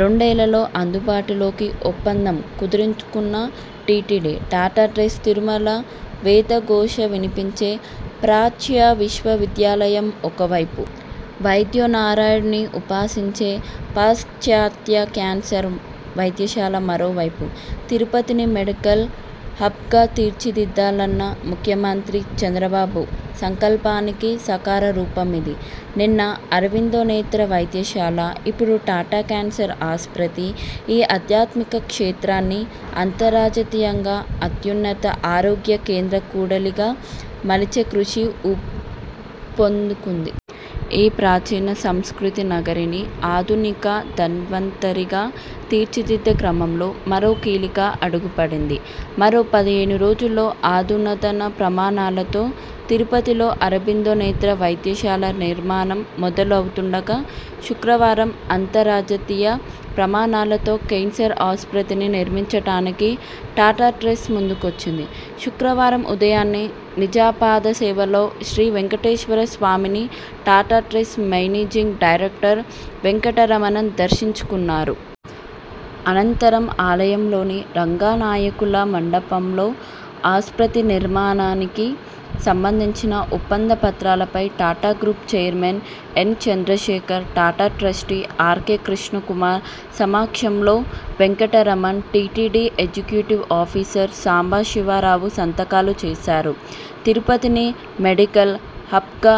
రెండేళ్లలో అందుబాటులో కిఒప్పందం కుదుర్చుకున్న టిటిడి, టాటా ట్రస్ట్ తిరుమల వేద ఘోష వినిపించే ప్రాచ్య విశ్వవిద్యాలయం ఒకవైపు, వైద్యో నారాయణుడిని ఉపాసించే పాశ్చాత్య కేన్సర్ వైద్యశాల మరోవైపు! తిరుపతిని మెడికల్ హబ్గా తీర్చిదిద్దాలన్న ముఖ్యమంత్రి చంద్రబాబు సంకల్పానికి సాకార రూపమిది! నిన్న అరవిందో నేత్ర వైద్యశాల, ఇప్పుడు టాటా కేన్సర్ ఆస్పత్రి, ఈ ఆధ్యాత్మిక క్షేత్రాన్ని అంతర్జాతీయంగా అత్యున్నత ఆరోగ్య కేంద్ర కూడలిగా మలిచే కృషి ఊపందుకొంది. ఈ ప్రాచీన సంస్కృతీ నగరిని ఆధునిక ధన్వంతరిగా తీర్చిదిద్దే క్రమంలో మరో కీలక అడుగుపడింది. మరో పదిహేను రోజుల్లో అధునాతన ప్రమాణాలతో తిరుపతిలో అరబిందో నేత్ర వైద్యశాల నిర్మాణం మొదలు అవుతుండగా.. శుక్రవారం అంతర్జాతీయ ప్రమాణాలతో కేన్సర్ ఆస్పత్రిని నిర్మించడానికి టాటా ట్రస్టు ముందుకొచ్చింది. శుక్రవారం ఉదయం నిజపాద సేవలో శ్రీవేంకటేశ్వర స్వామిని Tata trust managing director Venkataramanan దర్శించుకున్నారు. అనంతరం ఆలయంలోని రంగనాయకుల మండపంలో ఆస్పత్రి నిర్మాణానికి సంబంధించిన ఒప్పంద పత్రాలపై Tata group chairman N Chandrasekaran, Tata trustee R K Krishna Kumar సమక్షంలో Venkataramanan, TTD executive officer Sambasivarao సంతకాలు చేశారు. తిరుపతిని మెడికల్ హబ్గా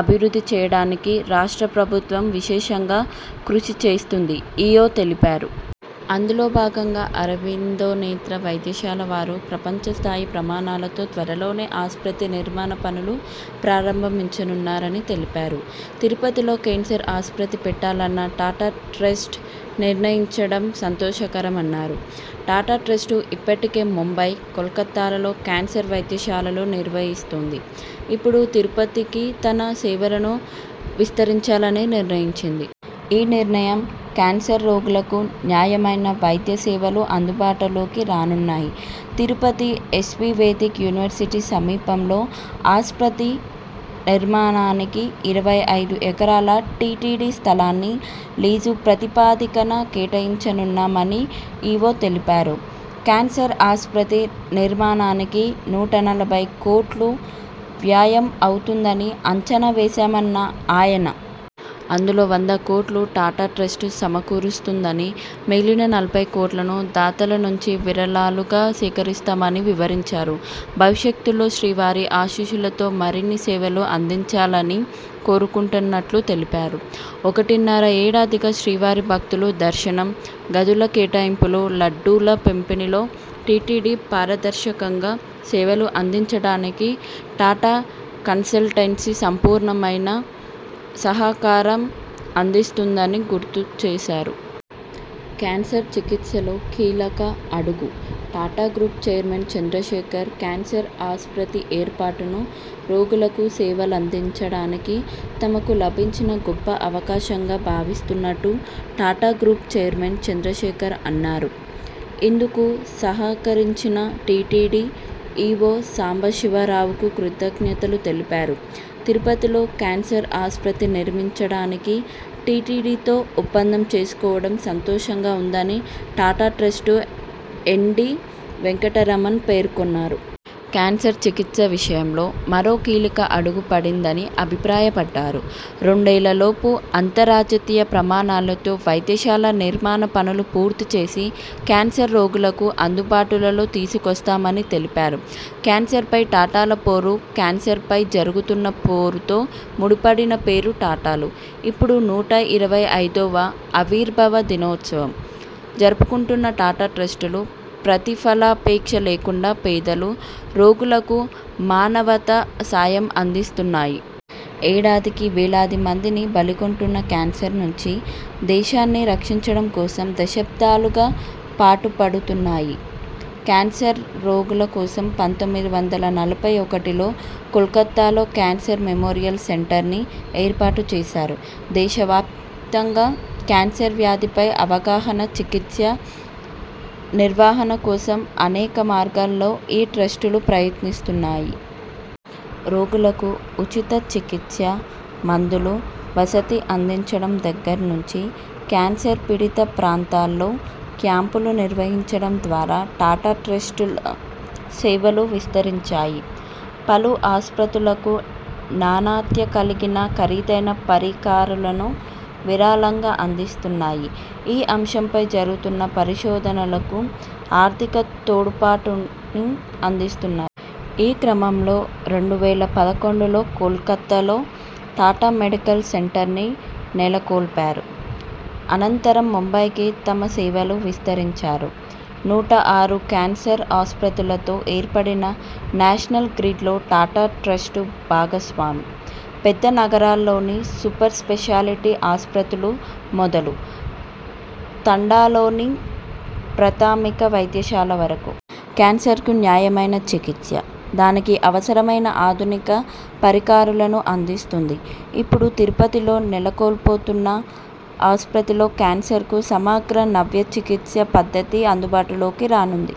అభివృద్ధి చేయడానికి రాష్ట్ర ప్రభుత్వం విశేషంగా కృషి చేస్తోందని ఇ ఒ తెలిపారు. అందులో భాగంగా అరవిందో నేత్ర వైద్యశాల వారు ప్రపంచస్థాయి ప్రమాణాలతో త్వరలోనే ఆస్పత్రి నిర్మాణ పనులు ప్రారంభించనున్నారని తెలిపారు. తిరుపతిలో కేన్సర్ ఆస్పత్రి పెట్టాలని టాటా ట్రస్ట్ నిర్ణయించడం సంతోషకరమన్నారు. ''టాటా ట్రస్టు ఇప్పటికే ముంబై, కోల్కతాల్లో కేన్సర్ వైద్యశాలలు నిర్వహిస్తోంది. ఇప్పుడు తిరుపతికి తన సేవలను విస్తరించాలని నిర్ణయించింది. ఈ నిర్ణయంతో కేన్సర్ రోగులకు నాణ్యమైన వైద్య సేవలు అందుబాటులోకి రానున్నాయి. తిరుపతి ఎస్వీ వేదిక్ యూనివర్సిటీ సమీపంలో ఆస్పత్రి నిర్మాణానికి ఇరవై ఐదు ఎకరాల టిటిడి స్థలాన్ని లీజు ప్రతిపాదికన కేటాయించనున్నాం అని ఇ ఒ తెలిపారు. కేన్సర్ ఆస్పత్రి నిర్మాణానికి నూట నలభై కోట్లు వ్యయం అవుతుందని అంచనా వేశామన్న ఆయన. అందులో వంద కోట్లు టాటా ట్రస్టు సమకూరుస్తుందని, మిగిలిన నలభై కోట్లను దాతల నుంచి విరాళాలుగా సేకరిస్తామని వివరించారు. భవిష్యత్లో శ్రీవారి ఆశీస్సులతో మరిన్ని సేవలు అందించాలని కోరుకుంటున్నట్టు తెలిపారు. ఒకటిన్నర ఏడాదిగా శ్రీవారి భక్తులకు దర్శనం, గదుల కేటాయింపులు, లడ్డూల పంపిణీలో టిటిడి పారదర్శకంగా సేవలు అందించడానికి టాటా కన్సల్టెన్సీ సంపూర్ణమైన సహకారం అందిస్తోందని గుర్తుచేశారు. కేన్సర్ చికిత్సలో కీలక అడుగు Tata group chairman Chandrasekaran cancer ఆస్పత్రి ఏర్పాటును, రోగులకు సేవలందించడానికి తమకు లభించిన గొప్ప అవకాశంగా భావిస్తున్నట్టు టాటా గ్రూప్ చైర్మన్ చంద్రశేఖరన్ అన్నారు. ఇందుకు సహకరించిన టిటిడి ఇ ఒ సాంబశివరావుకు కృతజ్ఞతలు తెలిపారు. తిరుపతిలో కేన్సర్ ఆస్పత్రి నిర్మించడానికి టిటిడితో ఒప్పందం చేసుకోవడం సంతోషంగా ఉందని టాటా ట్రస్టు ఎండి వెంకటరమణన్ పేర్కొన్నారు. కేన్సర్ చికిత్స విషయంలో మరో కీలక అడుగు పడిందని అభిప్రాయపడ్డారు. రెండేళ్లలోపు అంతర్జాతీయ ప్రమాణాలతో వైద్యశాల నిర్మాణ పనులు పూర్తిచేసి కేన్సర్ రోగులకు అందుబాటులో తీసుకొస్తామని తెలిపారు. కేన్సర్ పై టాటాల పోరు కేన్సర్ పై జరుగుతున్న పోరుతో ముడిపడిన పేరు టాటాలు. ఇప్పుడు నూట ఇరవై ఐదోవ ఆవిర్భావ దినోత్సవం జరుపుకొంటున్న టాటా ట్రస్టులు ప్రతిఫలాపేక్ష లేకుండా పేదలు, రోగులకు మానవతా సాయం అందిస్తున్నాయి. ఏడాదికి వేలాది మందిని బలిగొంటున్న కేన్సర్ నుంచి దేశాన్ని రక్షించడం కోసం దశాబ్దాలుగా పాటు పడుతున్నాయి. కేన్సర్ రోగుల కోసం పంతొమ్మిది వందల నలభై ఒకటిలో కోల్కతాలో కేన్సర్ మెమోరియల్ సెంటర్ని ఏర్పాటుచేశారు. దేశవ్యాప్తంగా కేన్సర్ వ్యాధిపై అవగాహన, చికిత్స, నివారణ కోసం అనేక మార్గాల్లో ఈ ట్రస్టులు ప్రయత్నిస్తున్నాయి. రోగులకు ఉచిత చికిత్స, మందులు, వసతి అందించడం దగ్గర నుంచి కేన్సర్ పీడిత ప్రాంతాల్లో క్యాంపులు నిర్వహించడం ద్వారా టాటా ట్రస్టుల సేవలు విస్తరించాయి. పలు ఆస్పత్రులకు నాణ్యత కలిగిన ఖరీదైన పరికరాలను విరాళంగా అందిస్తున్నాయి. ఈ అంశంపై జరుగుతున్న పరిశోధనలకు ఆర్థిక తోడ్పాటుని అందిస్తున్నాయి. ఈ క్రమంలో రెండు వేల పదకొండులో కోల్కతాలో టాటా మెడికల్ సెంటర్ని నెలకొల్పారు. అనంతరం ముంబైకీ తమ సేవలను విస్తరించారు. నూట ఆరు కేన్సర్ ఆస్పత్రులతో ఏర్పడిన నేషనల్ గ్రిడ్లో టాటా ట్రస్టు భాగస్వామి. పెద్ద నగరాల్లోని సూపర్ స్పేషాలిటీ ఆస్పత్రుల మొదలు తండాల్లోని ప్రథమిక వైద్యశాల వరకు.. కేన్సర్కు నాణ్యమైన చికిత్స, దానికి అవసరమైన ఆధునిక పరికరాలను అందిస్తున్నాయి. ఇప్పుడు తిరుపతిలో నెలకొల్పుతున్న ఆస్పత్రిలో కేన్సర్కు సమగ్ర నవ్య చికిత్సా పద్ధతి అందుబాటులోకి రానుంది.